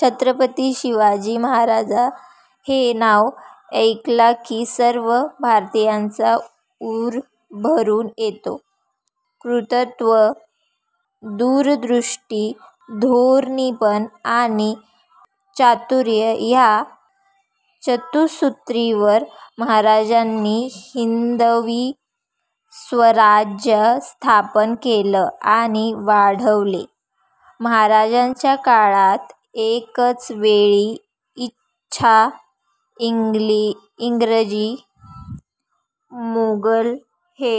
छत्रपती शिवाजी महाराज हे नाव ऐकलं की सर्व भारतीयांचा ऊर भरून येतो. कर्तृत्व, दूरदृष्टी, धोरणीपणा आणि चातुर्य या चतुसूत्रीवर महाराजांनी हिंदवी स्वराज्य स्थापन केले आणि वाढवले. महाराजांच्या काळात एकाच वेळी डच, इंग्रज, मोगल हे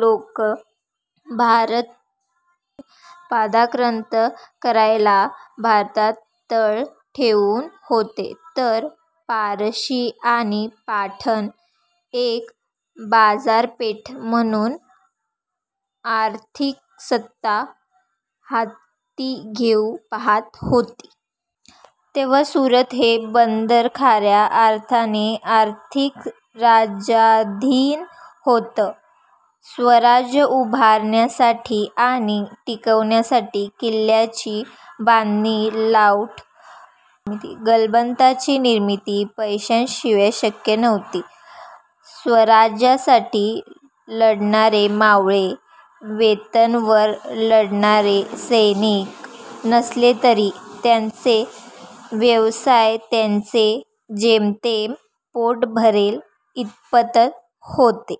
लोक भारत पादाक्रांत करायला भारतात तळ ठोकून होते तर पारशी आणि पठाण एक बाजारपेठ म्हणून आर्थिक सत्ता हाती घेऊ पाहत होते. तेव्हा सुरत हे बंदर खऱ्या अर्थाने आर्थिक राजधानी होती. स्वराज्य उभारणीसाठी आणि टिकवण्यासाठी किल्ल्यांची बांधणी लढाऊ गलबतांची निर्मिती पैशांशिवाय शक्य नव्हती. स्वराज्यासाठी लढणारे मावळे वेतनावर लढणारे सैनिक नसले तरी त्यांचे व्यवसाय त्यांचे जेमतेम पोट भरेल इतपतच होते.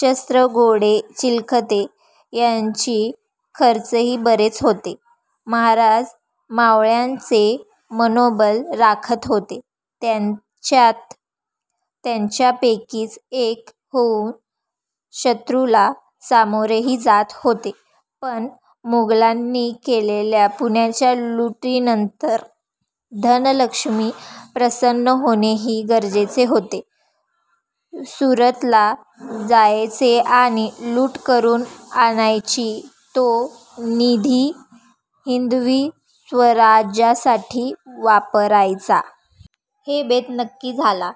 शस्त्रे, घोडे, चिलखते याचा खर्चही बराच होता. महाराज मावळ्यांचे मनोबल राखत होते. त्यांच्यात त्यांच्यापैकीच एक होऊन शत्रूला सामोरेही जात होते. पण मोगलांनी केलेल्या पुण्याच्या लुटीनंतर धनलक्ष्मी प्रसन्न होणेही गरजेचे होते. सुरतला जायचे आणि लूट करून आणायची तो निधी हिंदवी स्वराज्यासाठी वापरायचा. हा बेत नक्की झाला.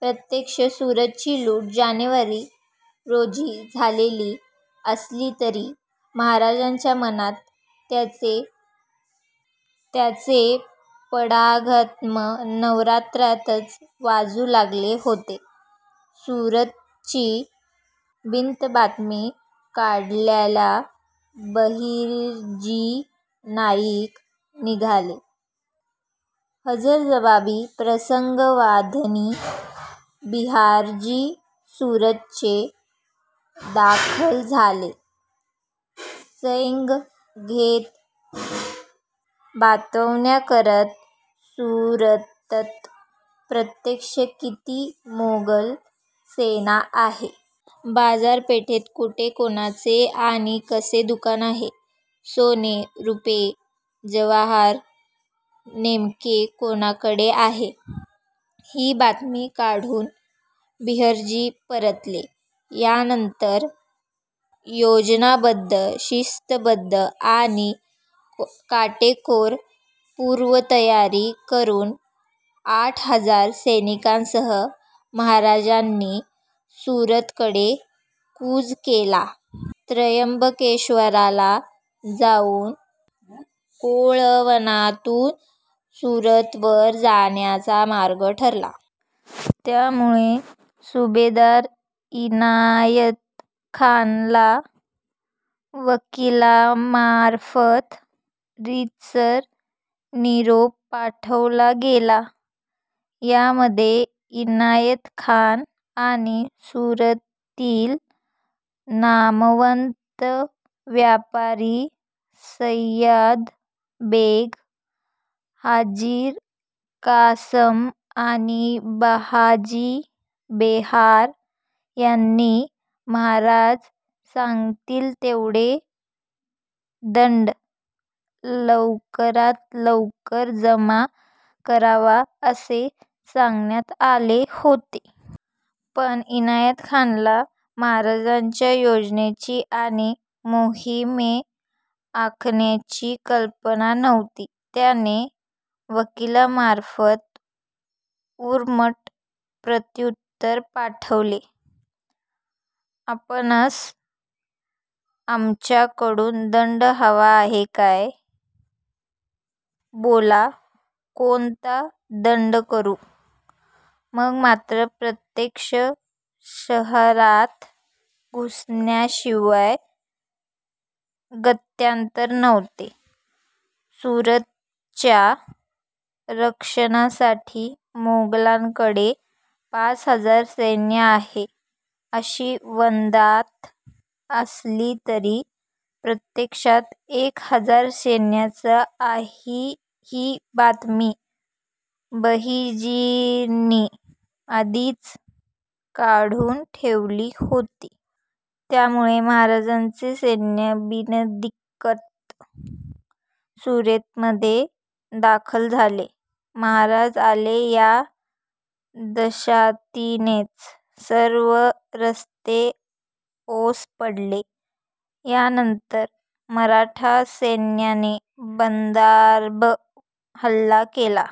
प्रत्यक्ष सुरतेची लूट जानेवारी रोजी झालेली असली तरी महाराजांच्या मनात त्याचे पडघम नवरात्रातच वाजू लागले होते. सुरतेची बित्तंबातमी काढायला बहिर्जी नाईक निघाले. हजरजबाबी, प्रसंगावधानी बहिर्जी सुरतेत दाखल झाले. सोंग घेत बतावण्या करत सुरतेत प्रत्यक्ष किती मोगल सैन्य आहे? बाजारपेठेत कुठे कोणाचे आणि कसले दुकान आहे? सोने, रूपे, जवाहर नेमके कोणाकडे आहे? ही बातमी काढून बहिर्जी परतले. यानंतर योजनाबद्ध, शिस्तबद्ध आणि काटेकोर पूर्वतयारी करून आठ हजार सैनिकांसह महाराजांनी सुरतेकडे कूच केले. त्र्यंबकेश्वराला जाऊन कोळवणातून सुरतेवर जाण्याचा मार्ग ठरला. त्यामुळे सुभेदार इनायत खानला वकीलामार्फत रीतसर निरोप पाठवला गेला. यामध्ये इनायत खान आणि सुरतेतील नामवंत व्यापारी सय्यद बेग, हाजी कासम आणि बहरजी बोहरा यांनी महाराज सांगतील तेवढा दंड लवकरात लवकर जमा करावा असे सांगण्यात आले होते. पण इनायत खानला महाराजांच्या योजनेची आणि मोहीम आखणीची कल्पना नव्हती. त्याने वकिलामार्फत उर्मट प्रत्युत्तर पाठवले, आपणास आमच्याकडून दंड हवा आहे काय? बोला, कोणता दंड करू? मग मात्र प्रत्यक्ष शहरात घुसण्याशिवाय गत्यंतर नव्हते. सुरतेच्या रक्षणासाठी मोगलांकडे पाच हजार सैन्य आहे अशी वदंता असली तरी प्रत्यक्षात एक हजार सैन्यच आहे ही बातमी बहिर्जींनी आधीच काढून ठेवली होती. त्यामुळे महाराजांचे सैन्य बिनदिक्कत सुरतेमध्ये दाखल झाले. महाराज आले या दहशतीनेच सर्व रस्ते ओस पडले. यानंतर मराठा सैन्याने बंदरावर हल्ला